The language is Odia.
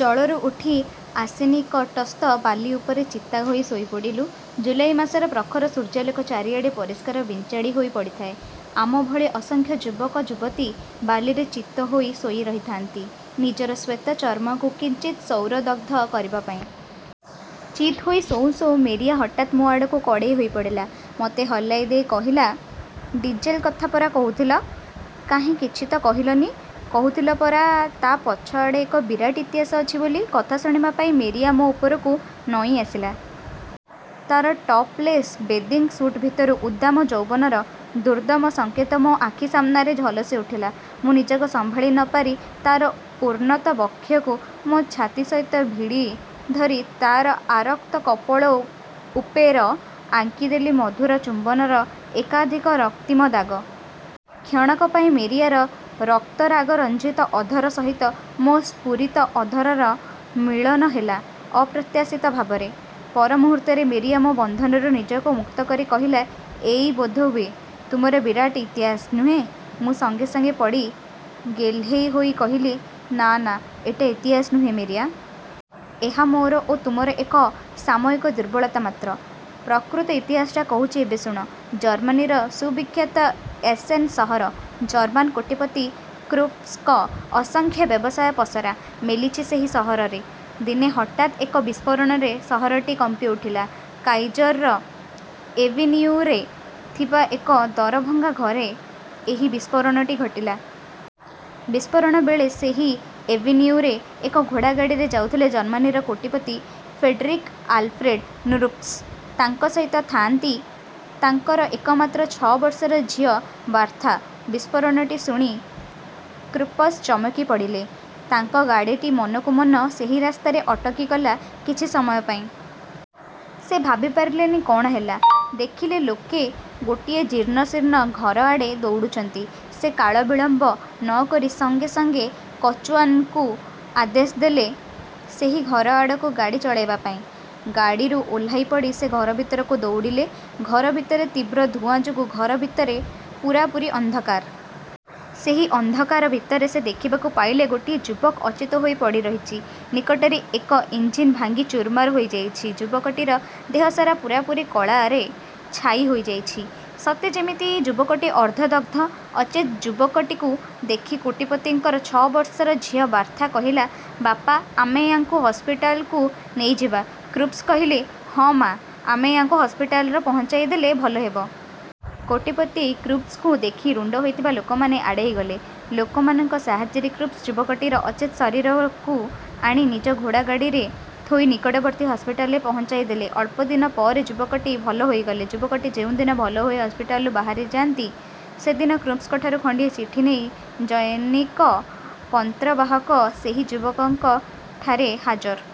ଜଳରୁ ଉଠି ଆସିନିକଟସ୍ଥ ବାଲି ଉପରେ ଚିତାହୋଇ ଶୋଇ ପଡ଼ିଲୁ। ଜୁଲାଇ ମାସର ପ୍ରଖର ସୂର୍ଯ୍ୟାଲୋକ ଚାରିଆଡ଼େ ପରିଷ୍କାର ବିଞ୍ଚାଡ଼ି ହୋଇ ପଡ଼ିଥାଏ। ଆମଭଳି ଅସଂଖ୍ୟ ଯୁବକ ଯୁବତୀ ବାଲିରେ ଚିତହୋଇ ଶୋଇ ରହିଥାନ୍ତି, ନିଜର ଶ୍ୱେତ ଚର୍ମକୁ କିଞ୍ଚିତ୍ ସୌର ଦଗ୍ଧ କରିବା ପାଇଁ। ଚିତ୍ ହୋଇ ଶୋଉଁ ଶୋଉଁ ମେରିଆ ହଠାତ୍ ମୋ ଆଡ଼କୁ କଡ଼େଇ ହୋଇପଡ଼ିଲା। ମୋତେ ହଲାଇ ଦେଇ କହିଲା, ଡିଜେଲ୍ଙ୍କ କଥା ପରା କହୁଥିଲ, କାହିଁ କିଛି ତ କହିଲନି? କହୁଥିଲ ପରା ତା ପଛଆଡ଼େ ଏକ ବିରାଟ ଇତିହାସ ଅଛି ବୋଲି? କଥା ଶୁଣିବା ପାଇଁ ମେରିଆ ମୋ ଉପରକୁ ନଇଁ ଆସିଲା। ତା'ର ଟପଲେସ୍ ବେଦିଙ୍ଗ ସୁଟ୍ ଭିତରୁ ଉଦ୍ଦାମ ଯୌବନର ଦୁର୍ଦ୍ଦମ ସଂକେତ ମୋ ଆଖି ସାମନାରେ ଝଲସି ଉଠିଲା। ମୁଁ ନିଜକୁ ସମ୍ଭାଳି ନ ପାରି ତାର ଉନ୍ନତବକ୍ଷକୁ ମୋ ଛାତି ସହିତ ଭିଢ଼ି ଧରି ତାର ଆରକ୍ତ କପୋଳ ଉପେର ଆଙ୍କିଦେଲି ମଧୁର ଚୁମ୍ବନର ଏକାଧିକ ରକ୍ତିମ ଦାଗ। କ୍ଷଣକ ପାଇଁ ମେରିଆର ରକ୍ତରାଗରଞ୍ଜିତ ଅଧର ସହିତ ମୋ ସ୍ଫୁରିତ ଅଧରର ମିଳନ ହେଲା, ଅପ୍ରତ୍ୟାଶିତ ଭାବରେ। ପର ମୁହୂର୍ତ୍ତରେ ମେରିଆ ମୋ ବନ୍ଧନରୁ ନିଜକୁ ମୁକ୍ତ କରି କହିଲା, ଏଇ ବୋଧହୁଏ, ତୁମର ବିରାଟ ଇତିହାସ, ନୁହେଁ''? ମୁଁ ସଙ୍ଗେ ସଙ୍ଗେ ପଡ଼ି ଗେହ୍ଲେଇ ହୋଇ କହିଲି, ନା ନା ଏଟା ଇତିହାସ ନୁହେଁ, ମେରିଆ। ଏହା ମୋର ଓ ତୁମର ଏକ ସାମୟିକ ଦୁର୍ବଳତା ମାତ୍ର। ପ୍ରକୃତ ଇତିହାସଟା କହୁଛି ଏବେ ଶୁଣ। ଜର୍ମ୍ମାନୀର ସୁବିଖ୍ୟାତ ଏସେନ୍ ସହର, ଜର୍ମ୍ମାନ୍ କୋଟିପତି କ୍ରୁପ୍ସଙ୍କ ଅସଂଖ୍ୟ ବ୍ୟବସାୟ ପସରା ମେଲିଛି ସେହି ସହରରେ। ଦିନେ ହଠାତ୍ ଏକ ବିସ୍ଫୋରଣରେ ସହରଟି କମ୍ପିଉଠିଲା। କାଇଜର ଏଭିନିଉରେ ଥିବା ଏକ ଦରଭଙ୍ଗା ଘରେ ଏହି ବିସ୍ଫୋରଣଟି ଘଟିଲା। ବିସ୍ଫୋରଣ ବେଳେ ସେହି ଏଭିନିଉରେ ଏକ ଘୋଡ଼ା ଗାଡ଼ିରେ ଯାଉଥିଲେ ଜର୍ମାନୀର କୋଟିପତି ଫେଡେରିକ ଆଲଫ୍ରେଡ୍ ନୃପସ୍, ତାଙ୍କ ସହିତ ଥାନ୍ତି, ତାଙ୍କର ଏକମାତ୍ର ଛଅ ବର୍ଷର ଝିଅ ବାର୍ଥା। ବିସ୍ଫୋରଣଟି ଶୁଣି କ୍ରୁପସ୍ ଚମକି ପଡ଼ିଲେ। ତାଙ୍କ ଗାଡ଼ିଟି ମନକୁ ମନ ସେହି ରାସ୍ତାରେ ଅଟକି ଗଲା କିଛି ସମୟ ପାଇଁ। ସେ ଭାବି ପାରିଲେନି କ'ଣ ହେଲା। ଦେଖିଲେ ଲୋକେ ଗୋଟିଏ ଜୀର୍ଣ୍ଣଶୀର୍ଣ୍ଣ ଘର ଆଡ଼େ ଦୌଡ଼ୁଛନ୍ତି। ସେ କାଳ ବିଳମ୍ବ ନ କରି ସଙ୍ଗେ ସଙ୍ଗେ କଚୁଆନ୍କୁ ଆଦେଶ ଦେଲେ ସେହି ଘର ଆଡ଼କୁ ଗାଡ଼ି ଚଳାଇବା ପାଇଁ। ଗାଡ଼ିରୁ ଓହ୍ଲାଇପଡ଼ି ସେ ଘର ଭିତରକୁ ଦୌଡ଼ିଲେ ଘର ଭିତରେ ତୀବ୍ର ଧୂଆଁ ଯୋଗୁଁ ଘର ଭିତରେ ପୁରାପୁରୀ ଅନ୍ଧକାର। ସେହି ଅନ୍ଧକାର ଭିତରେ ସେ ଦେଖିବାକୁ। ପାଇଲେ ଗୋଟିଏ ଯୁବକ ଅଚେତ୍ ହୋଇ ପଡ଼ି ରହିଛି। ନିକଟରେ ଏକ ଇଞ୍ଜିନ୍ ଭାଙ୍ଗି ଚୁରମାର ହୋଇଯାଇଛି। ଯୁବକଟିର ଦେହ ସାରା ପୂରାପୂରି କଳାରେ ଛାଇ ହୋଇଯାଇଛି, ସତେ ଯେମିତି ଯୁବକଟି ଅର୍ଦ୍ଧ ଦଗ୍ଧ। ଅଚେତ୍ ଯୁବକଟିକୁ ଦେଖି କୋଟିପତିଙ୍କର ଛଅ ବର୍ଷର ଝିଅ ବାର୍ଥା କହିଲା ବାପା ଆମେ ୟାଙ୍କୁ ହସପିଟାଲ୍କୁ ନେଇଯିବା କ୍ରୁପ୍ସ କହିଲେ, ହଁ ମା, ଆମେ ୟାଙ୍କୁ ହସପିଟାଲର ପହଞ୍ଚାଇ ଦେଲେ ଭଲ ହେବ। କୋଟିପତି କ୍ରୁପ୍ସଙ୍କୁ ଦେଖି ରୁଣ୍ଡ ହୋଇଥିବା ଲୋକମାନେ ଆଡ଼େଇ ଗଲେ। ଲୋକମାନଙ୍କ ସାହାଯ୍ୟରେ କ୍ରୁପ୍ସ ଯୁବକଟିର ଅଚେତ ଶରୀରକୁ ଆଣି ନିଜ ଘୋଡ଼ା ଗାଡ଼ିରେ ଥୋଇ ନିକଟବର୍ତ୍ତୀ ହସପିଟାଲରେ ପହଞ୍ଚାଇ ଦେଲେ। ଅଳ୍ପଦିନ ପରେ ଯୁବକଟି ଭଲ ହୋଇଗଲେ। ଯୁବକଟି ଯେଉଁ ଦିନ ଭଲ ହୋଇ ହସପିଟାଲରୁ ବାହାରି ଯାନ୍ତି, ସେଦିନ କ୍ରୁପ୍ସଙ୍କଠାରୁ ଖଣ୍ଡିଏ ଚିଠି ନେଇ ଜନୈକ ପନ୍ତ୍ରବାହକ ସେହି ଯୁବକଙ୍କ ଠାରେ ହାଜର।